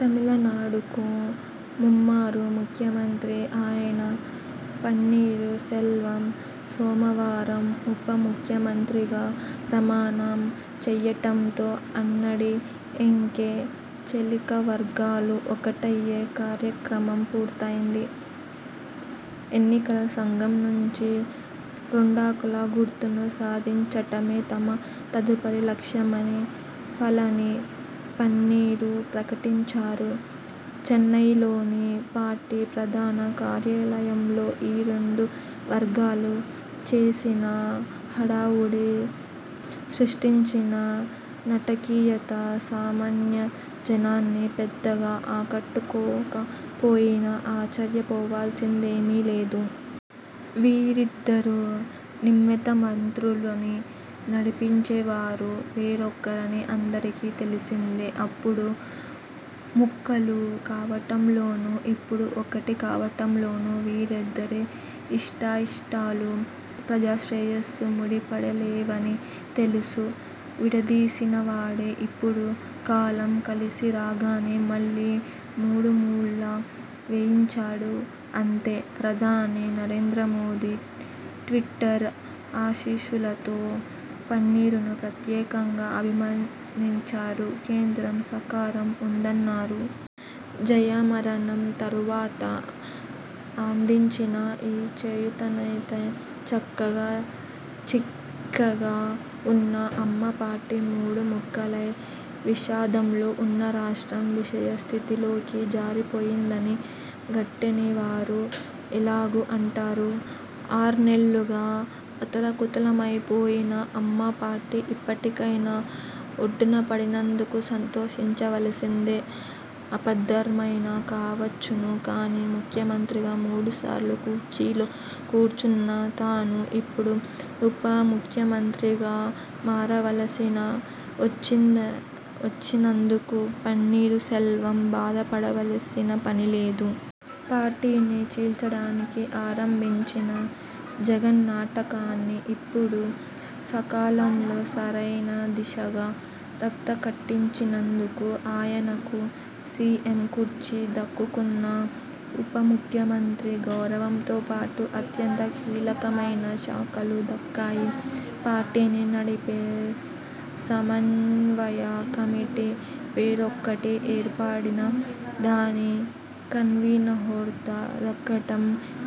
తమిళనాడుకు ముమ్మారు ముఖ్యమంత్రి అయిన పన్నీరుసెల్వం సోమవారం ఉపముఖ్యమంత్రిగా ప్రమాణం చేయడంతో అన్నాడీఎంకే చీలికవర్గాలు ఒక్కటయ్యే కార్యక్రమం పూర్తయింది. ఎన్నికల సంఘం నుంచి రెండాకుల గుర్తును సాధించడమే తమ తదుపరి లక్ష్యమని పళని, పన్నీరు ప్రకటించారు. చెన్నయ్లోని పార్టీ ప్రధాన కార్యాలయంలో ఈ రెండు వర్గాలు చేసిన హడావుడి, సృష్టించిన నాటకీయత సామాన్యజనాన్ని పెద్దగా ఆకట్టుకోకపోయినా ఆశ్చర్యపోవాల్సిందేమీ లేదు. వీరిద్దరూ నిమిత్తమాత్రులనీ, నడిపించెడివారు వేరొకరని అందరికీ తెలిసిందే. అప్పుడు ముక్కలు కావడంలోనూ, ఇప్పుడు ఒక్కటి కావడంలోనూ వీరిద్దరి ఇష్టాయిష్టాలు, ప్రజాశ్రేయస్సు ముడిపడిలేవనీ తెలుసు. విడదీసినవాడే ఇప్పుడు కాలం కలిసిరాగానే మళ్ళీ మూడుముళ్ళు వేయించాడు అంతే. ప్రధాని నరేంద్రమోదీ ట్విట్టర్ ఆశీస్సులతో పన్నీరును ప్రత్యేకంగా అభినందించారు. కేంద్రం సహకారం ఉందన్నారు. జయ మరణం తరువాత అందించిన ఈ చేయూతతోనే చక్కగా చిక్కగా ఉన్న అమ్మ పార్టీ మూడు ముక్కలై, విషాదంలో ఉన్న రాష్ట్రం విషమ స్థితిలోకి జారిపోయిందని గిట్టనివారు ఎలాగూ అంటారు. ఆర్నెల్లుగా అతలాకుతలమైపోయిన అమ్మపార్టీ ఇప్పటికైనా ఒడ్డునపడినందుకు సంతోషించవలసిందే. ఆపద్ధర్మమే కావచ్చును కానీ, ముఖ్యమంత్రిగా మూడుసార్లు కుర్చీలో కూర్చున్న తాను ఇప్పుడు ఉపముఖ్యమంత్రిగా మారవలసి వచ్చినం వచ్చినందుకు పన్నీరుసెల్వం బాధపడవలసిన పనిలేదు. పార్టీని చీల్చడానికి ఆరంభించిన జగన్నాటకాన్ని ఇప్పుడు సకాలంలో సరైనదిశగా రక్తికట్టించినందుకు ఆయనకు సీఎం కుర్చీ దక్కకున్నా, ఉపముఖ్యమంత్రి గౌరవంతోపాటు, అత్యంత కీలకమైన శాఖలు దక్కాయి. పార్టీని నడిపే సమన్వయ కమిటీ పేరుకొకటి ఏర్పడినా, దాని కన్వీనర్హోదా దక్కడం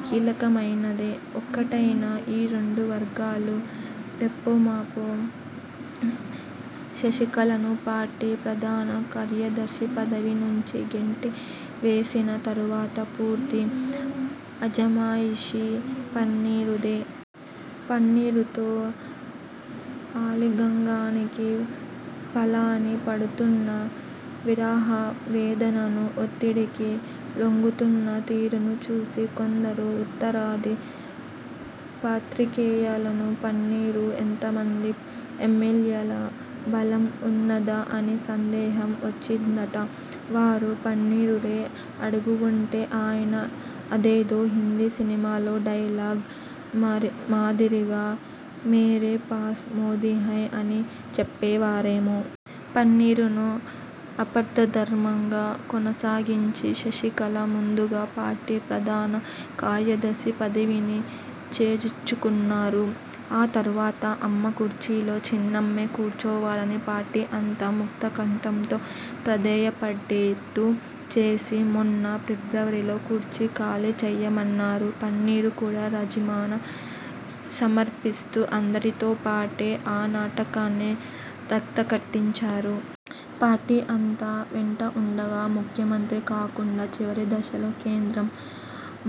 కీలకమైనదే. ఒక్కటైన ఈ రెండువర్గాలు రేపోమాపో శశికళను పార్టీ ప్రధాన కార్యదర్శి పదవి నుంచి గెంటివేసిన తరువాత పూర్తి అజమాయిషీ పన్నీరుదే. పన్నీరుతో ఆలింగనానికి పళని పడుతున్న విరహవేదననూ, ఒత్తిడికి లొంగుతున్న తీరునూ చూసి కొందరు ఉత్తరాది పాత్రికేయులకు పన్నీరుకు ఎంతమంది ఎమ్మెల్యేల బలం ఉన్నదా అని సందేహం వచ్చిందట. వారు పన్నీరునే అడిగివుంటే ఆయన అదేదో హిందీ సినిమాలో డైలాగ్ మాదిరిగా 'మేరే పాస్ మోదీ హై' అని చెప్పేవారేమో! పన్నీరును ఆపద్ధర్మంగా కొనసాగించి, శశికళ ముందుగా పార్టీ ప్రధాన కార్యదర్శి పదవిని చేజిక్కించుకున్నారు. ఆ తరువాత అమ్మ కుర్చీలో చిన్నమ్మే కూర్చోవాలని పార్టీ అంతా ముక్తకంఠంతో ప్రాథేయపడేట్టు చేసి మొన్న ఫిబ్రవరిలో కుర్చీ ఖాళీచేయమన్నారు. పన్నీరు కూడా రాజీనామా సమర్పిస్తూ అందరితోపాటే ఆ నాటకాన్ని రక్తికట్టించారు. పార్టీ అంతా వెంట ఉండగా ముఖ్యమంత్రి కాకుండా చివరిదశలో కేంద్రం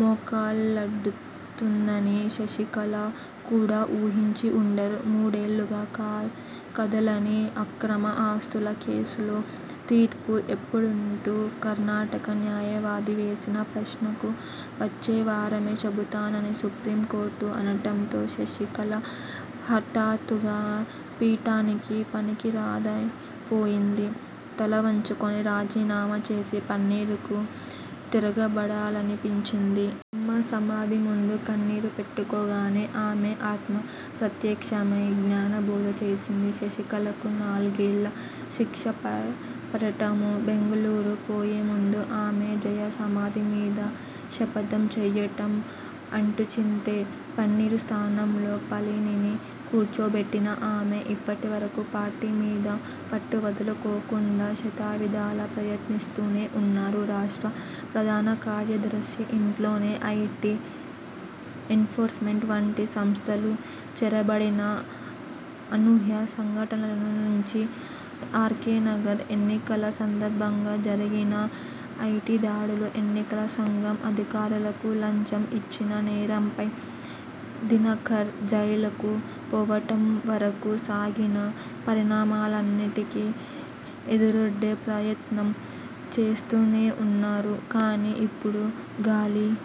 మోకాలడ్డుతుందని శశికళ కూడా ఊహించి వుండరు. మూడేళ్ళుగా కదలని అక్రమ ఆస్తుల కేసులో తీర్పు ఎప్పుడంటూ కర్ణాటక న్యాయవాది వేసిన ప్రశ్నకు వచ్చేవారమే చెబుతానని సుప్రీంకోర్టు అనడంతో శశికళ హఠాత్తుగా పీఠానికి పనికిరానిదైపోయింది. తలవంచుకొని రాజీనామా చేసిన పన్నీరుకు తిరగబడాలనిపించింది. అమ్మసమాధిముందు కన్నీరు పెట్టుకోగానే ఆమె ఆత్మ ప్రత్యక్షమై జ్ఞానబోధ చేసింది. శశికళకు నాలుగేళ్ళ శిక్షపడటమూ, బెంగుళూరు పోయేముందు ఆమె జయ సమాధిమీద శపథం చేయడం అటుంచితే, పన్నీరు స్థానంలో పళనిని కూర్చోబెట్టిన ఆమె ఇప్పటివరకూ పార్టీమీద పట్టువదులుకోకుండా శతవిధాల ప్రయత్నిస్తూనే ఉన్నారు. రాష్ట్ర ప్రధానకార్యదర్శి ఇంట్లోనె ఐటీ, ఎన్ఫోర్స్మెంట్ వంటి సంస్థలు చొరబడిన అనూహ్య సంఘటనల నుంచి, ఆర్కేనగర్ ఎన్నికల సందర్భంగా జరిగిన ఐటీదాడులు, ఎన్నికల సంఘం అధికారులకు లంచం ఇచ్చిన నేరంపై దినకరన్ జైలుకు పోవడంవరకూ సాగిన పరిణామాలన్నింటికీ ఎదురొడ్డే ప్రయత్నం చేస్తూనేఉన్నారు. కానీ, ఇప్పుడు గాలి